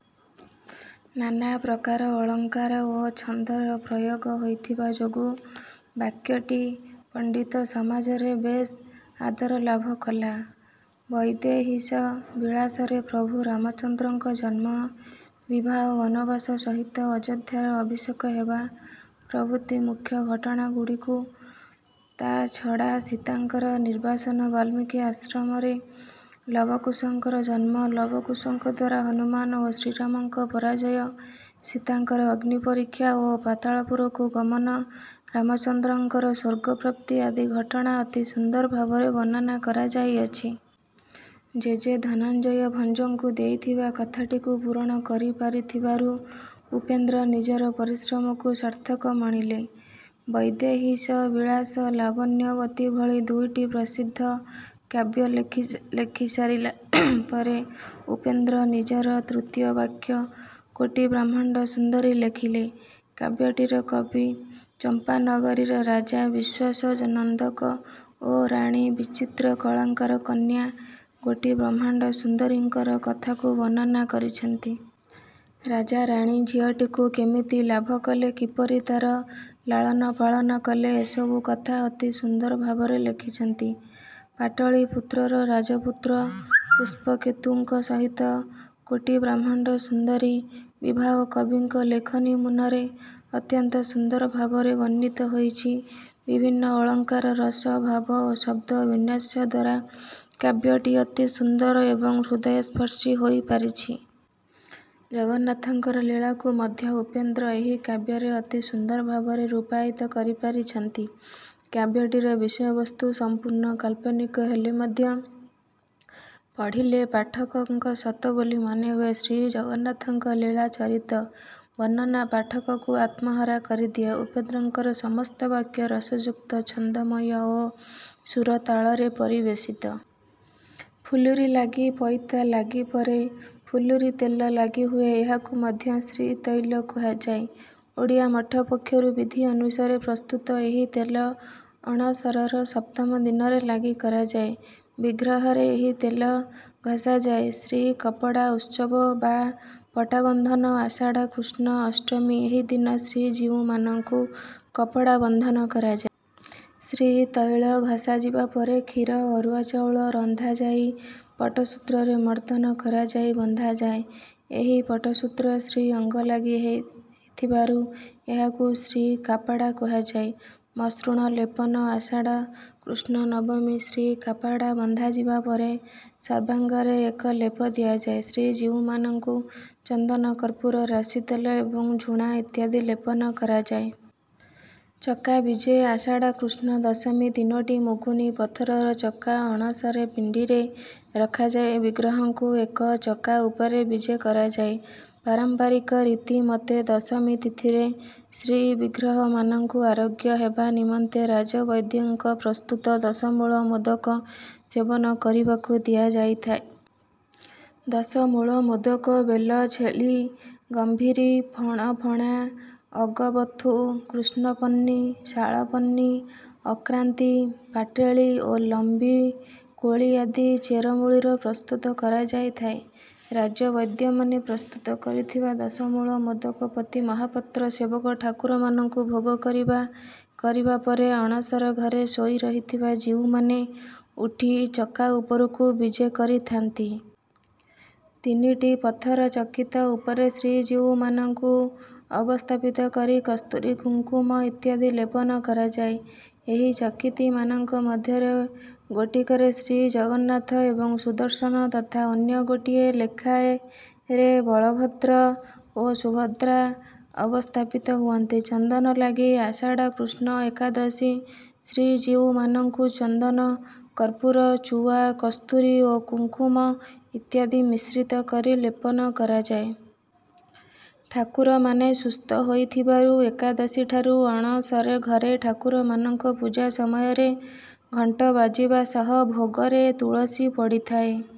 ନାନା ପ୍ରକାର ଅଳଙ୍କାର ଓ ଛନ୍ଦର ପ୍ରୟୋଗ ହୋଇଥିବା ଯୋଗୁଁ କାବ୍ୟଟି ପଣ୍ଡିତ ସମାଜରେ ବେଶ୍ ଆଦରଲାଭ କଲା। "ବୈଦେହୀଶ ବିଳାସ"ରେ ପ୍ରଭୁ ରାମଚନ୍ଦ୍ରଙ୍କ ଜନ୍ମ, ବିବାହ, ବନବାସ ସହିତ ଅଯୋଧ୍ୟାରେ ଅଭିଷେକ ହେବା ପ୍ରଭୃତି ମୁଖ୍ୟ ଘଟଣାଗୁଡିକୁ ତାଛଡା ସୀତାଙ୍କର ନିର୍ବାସନ, ବାଲ୍ମୀକି ଆଶ୍ରମରେ ଲବକୁଶଙ୍କର ଜନ୍ମ, ଲବକୁଶଙ୍କଦ୍ୱାରା ହନୁମାନ ଓ ଶ୍ରୀରାମଙ୍କ ପରାଜୟ, ସୀତାଙ୍କର ଅଗ୍ନି ପରୀକ୍ଷା ଓ ପାତାଳପୁରକୁ ଗମନ, ରାମଚନ୍ଦ୍ରଙ୍କର ସ୍ୱର୍ଗପ୍ରାପ୍ତି ଆଦି ଘଟଣା ଅତି ସୁନ୍ଦର ଭାବରେ ବର୍ଣ୍ଣନା କରାଯାଆଇଅଛି। ଜେଜେ ଧନଞ୍ଜୟ ଭଞ୍ଜଙ୍କୁ ଦେଇଥିବା କଥାଟିକୁ ପୂରଣ କରିପାରିଥିବାରୁ ଉପେନ୍ଦ୍ର ନିଜର ପରିଶ୍ରମକୁ ସାର୍ଥକ ମଣିଲେ। "ବୈଦେହୀଶ ବିଳାସ", "ଲାବଣ୍ୟବତୀ" ଭଳି ଦୁଇଟି ପ୍ରସିଦ୍ଧ କାବ୍ୟ ଲେଖିସାରିଲା ପରେ ଉପେନ୍ଦ୍ର ନିଜର ତୃତୀୟ କାବ୍ୟ "କୋଟି ବ୍ରହ୍ମାଣ୍ଡ ସୁନ୍ଦରୀ" ଲେଖିଲେ। କାବ୍ୟଟିରେ କବି ଚମ୍ପାନଗରୀର ରାଜା ବିଶ୍ୱାସନନ୍ଦକ ଓ ରାଣୀ ବିଚିତ୍ରକଳାଙ୍କର କନ୍ୟା କୋଟି ବ୍ରହ୍ମାଣ୍ଡ ସୁନ୍ଦରୀଙ୍କର କଥାକୁ ବର୍ଣ୍ଣନା କରିଛନ୍ତି. ରାଜାରାଣୀ ଝିଅଟିକୁ କେମିତି ଲାଭ କଲେ, କିପରି ତାର ଲାଳନ ପାଳନ କଲେ ଏସବୁ କଥା ଅତି ସୁନ୍ଦର ଭାବରେ ଲେଖିଛନ୍ତି। ପାଟଳିପୁତ୍ରର ରାଜପୁତ୍ର ପୁଷ୍ପକେତୁଙ୍କ ସହିତ କୋଟି ବ୍ରହ୍ମାଣ୍ଡ ସୁନ୍ଦରୀଙ୍କ ବିବାହ କବିଙ୍କ ଲେଖନୀମୁନରେ ଅତ୍ୟନ୍ତ ସୁନ୍ଦର ଭାବରେ ବର୍ଣ୍ଣିତ ହୋଇଛି. ବିଭିନ୍ନ ଅଳଙ୍କାର, ରସ, ଭାବ ଓ ଶବ୍ଦ ବିନ୍ୟାସଦ୍ୱାରା କାବ୍ୟଟି ଅତି ସୁନ୍ଦର ଏବଂ ହୃଦୟସ୍ପର୍ଶୀ ହୋଇପାରିଛି. ଜଗନ୍ନାଥଙ୍କର ଲୀଳାକୁ ମଧ୍ୟ ଉପେନ୍ଦ୍ର ଏହି କାବ୍ୟରେ ଅତି ସୁନ୍ଦର ଭାବରେ ରୂପାୟିତ କରିପାରିଛନ୍ତି। କାବ୍ୟଟିର ବିଷୟବସ୍ତୁ ସମ୍ପୁର୍ଣ୍ଣ କାଳ୍ପନିକ ହେଲେ ମଧ୍ୟ ପଢ଼ିଲେ ପାଠକଙ୍କୁ ସତ ବୋଲି ମନେ ହୁଏ। ଶ୍ରୀଜଗନ୍ନାଥଙ୍କ ଲୀଳାଚରିତ ବର୍ଣ୍ଣନା ପାଠକକୁ ଆତ୍ମହରା କରିଦିଏ। ଉପେନ୍ଦ୍ରଙ୍କର ସମସ୍ତ କାବ୍ୟ ରସଯୁକ୍ତ, ଛନ୍ଦମୟ ଓ ସୁର-ତାଳରେ ପରିବେଷିତ। ଫୁଲୁରି ଲାଗି: ପଇତା ଲାଗି ପରେ ଫୁଲୁରି ତେଲ ଲାଗି ହୁଏ। ଏହାକୁ ମଧ୍ୟ 'ଶ୍ରୀତୈଳ' କୁହାଯାଏ। ଓଡ଼ିଆ ମଠ ପକ୍ଷରୁ ବିଧି ଅନୁସାରେ ପ୍ରସ୍ତୁତ ଏହି ତେଲ ଅଣସରର ସପ୍ତମ ଦିନରେ ଲାଗି କରାଯାଏ। ବିଗ୍ରହରେ ଏହି ତେଲ ଘଷାଯାଏ। ଶ୍ରୀକପଡ଼ା ଉତ୍ସବ ବା ପଟ୍ଟାବନ୍ଧନ: ଆଷାଢ଼ କୃଷ୍ଣ ଅଷ୍ଟମୀ: ଏହିଦିନ ଶ୍ରୀ ଜୀଉମାନଙ୍କୁ କପଡ଼ା ବନ୍ଧନ କରାଯାଏ। ଶ୍ରୀତୈଳ ଘଷାଯିବା ପରେ କ୍ଷୀର, ଅରୁଆ ଚାଉଳ ରନ୍ଧାଯାଇ ପଟସୂତ୍ରରେ ମର୍ଦ୍ଦନ କରାଯାଇ ବନ୍ଧାଯାଏ। ଏହି ପଟସୂତ୍ର ଶ୍ରୀଅଙ୍ଗ ଲାଗି ହେଇଥିବାରୁ ଏହାକୁ 'ଶ୍ରୀକାପଡ଼ା' କୁହାଯାଏ। ମସୃଣ ଲେପନ: ଆଷାଢ଼ କୃଷ୍ଣ ନବମୀ: ଶ୍ରୀକାପଡ଼ା ବନ୍ଧାଯିବା ପରେ ସର୍ବାଙ୍ଗରେ ଏକ ଲେପ ଦିଆଯାଏ। ଶ୍ରୀ ଜୀଉମାନଙ୍କୁ ଚନ୍ଦନ, କର୍ପୂର, ରାଶିତେଲ, ଏବଂ ଝୁଣା ଇତ୍ୟାଦି ଲେପନ କରାଯାଏ। ଚକା ବିଜେ: ଆଷାଢ଼ କୃଷ୍ଣ ଦଶମୀ: ତିନୋଟି ମୁଗୁନି ପଥରର ଚକା ଅଣସର ପିଣ୍ଡିରେ ରଖାଯାଇ ବିଗ୍ରହଙ୍କୁ ଏକ ଚକା ଉପରେ ବିଜେ କରାଯାଏ। ପାରମ୍ପରିକ ରୀତି ମତେ ଦଶମୀ ତିଥିରେ ଶ୍ରୀବିଗ୍ରହମାନଙ୍କୁ ଆରୋଗ୍ୟ ହେବା ନିମନ୍ତେ ରାଜବୈଦ୍ୟଙ୍କ ପ୍ରସ୍ତୁତ ଦଶମୂଳ ମୋଦକ ସେବନ କରିବାକୁ ଦିଆଯାଇଥାଏ। ଦଶମୂଳ ମୋଦକ ବେଲଛେଲି, ଗମ୍ଭାରୀ, ଫଣଫଣା, ଅଗବଥୁ, କୃଷ୍ଣପର୍ଣ୍ଣି, ଶାଳପର୍ଣ୍ଣି, ଅକ୍ରାନ୍ତି, ପାଟେଳି ଓ ଲମ୍ବି କୋଳି ଆଦି ଚେରମୂଳିରୁ ପ୍ରସ୍ତୁତ କରାଯାଇଥାଏ। ରାଜବୈଦ୍ୟମାନେ ପ୍ରସ୍ତୁତ କରିଥିବା ଦଶମୂଳ ମୋଦକକୁ ପତି ମହାପାତ୍ର ସେବକ ଠାକୁରମାନଙ୍କୁ ଭୋଗ କରିବା କରିବା ପରେ ଅଣସର ଘରେ ଶୋଇରହିଥିବା ଜୀଉମାନେ ଉଠି ଚକା ଉପରକୁ ବିଜେ କରିଥାନ୍ତି। ତିନିଟି ପଥର ଚକତି ଉପରେ ଶ୍ରୀ ଜୀଉମାନଙ୍କୁ ଅବସ୍ଥାପିତ କରି କସ୍ତୁରି, କୁଙ୍କୁମ ଇତ୍ୟାଦି ଲେପନ କରାଯାଏ। ଏହି ଚକତିମାନଙ୍କ ମଧ୍ୟରୁ ଗୋଟିକରେ ଶ୍ରୀଜଗନ୍ନାଥ ଏବଂ ସୁଦର୍ଶନ ତଥା ଅନ୍ୟ ଗୋଟିଏ ଲେଖାଁଏରେ ଶ୍ରୀବଳଭଦ୍ର ଓ ସୁଭଦ୍ରା ଅବସ୍ଥାପିତ ହୁଅନ୍ତି। ଚନ୍ଦନ ଲାଗି: ଆଷାଢ଼ କୃଷ୍ଣ ଏକାଦଶୀ: ଶ୍ରୀ ଜୀଉମାନଙ୍କୁ ଚନ୍ଦନ, କର୍ପୂର, ଚୁଆ, କସ୍ତୁରୀ ଓ କୁଙ୍କୁମ ଇତ୍ୟାଦି ମିଶ୍ରିତ କରି ଲେପନ କରାଯାଏ। ଠାକୁରମାନେ ସୁସ୍ଥ ହୋଇଥିବାରୁ ଏକାଦଶୀଠାରୁ ଅଣସର ଘରେ ଠାକୁରମାନଙ୍କ ପୂଜା ସମୟରେ ଘଣ୍ଟ ବାଜିବା ସହ, ଭୋଗରେ ତୁଳସୀ ପଡ଼ିଥାଏ।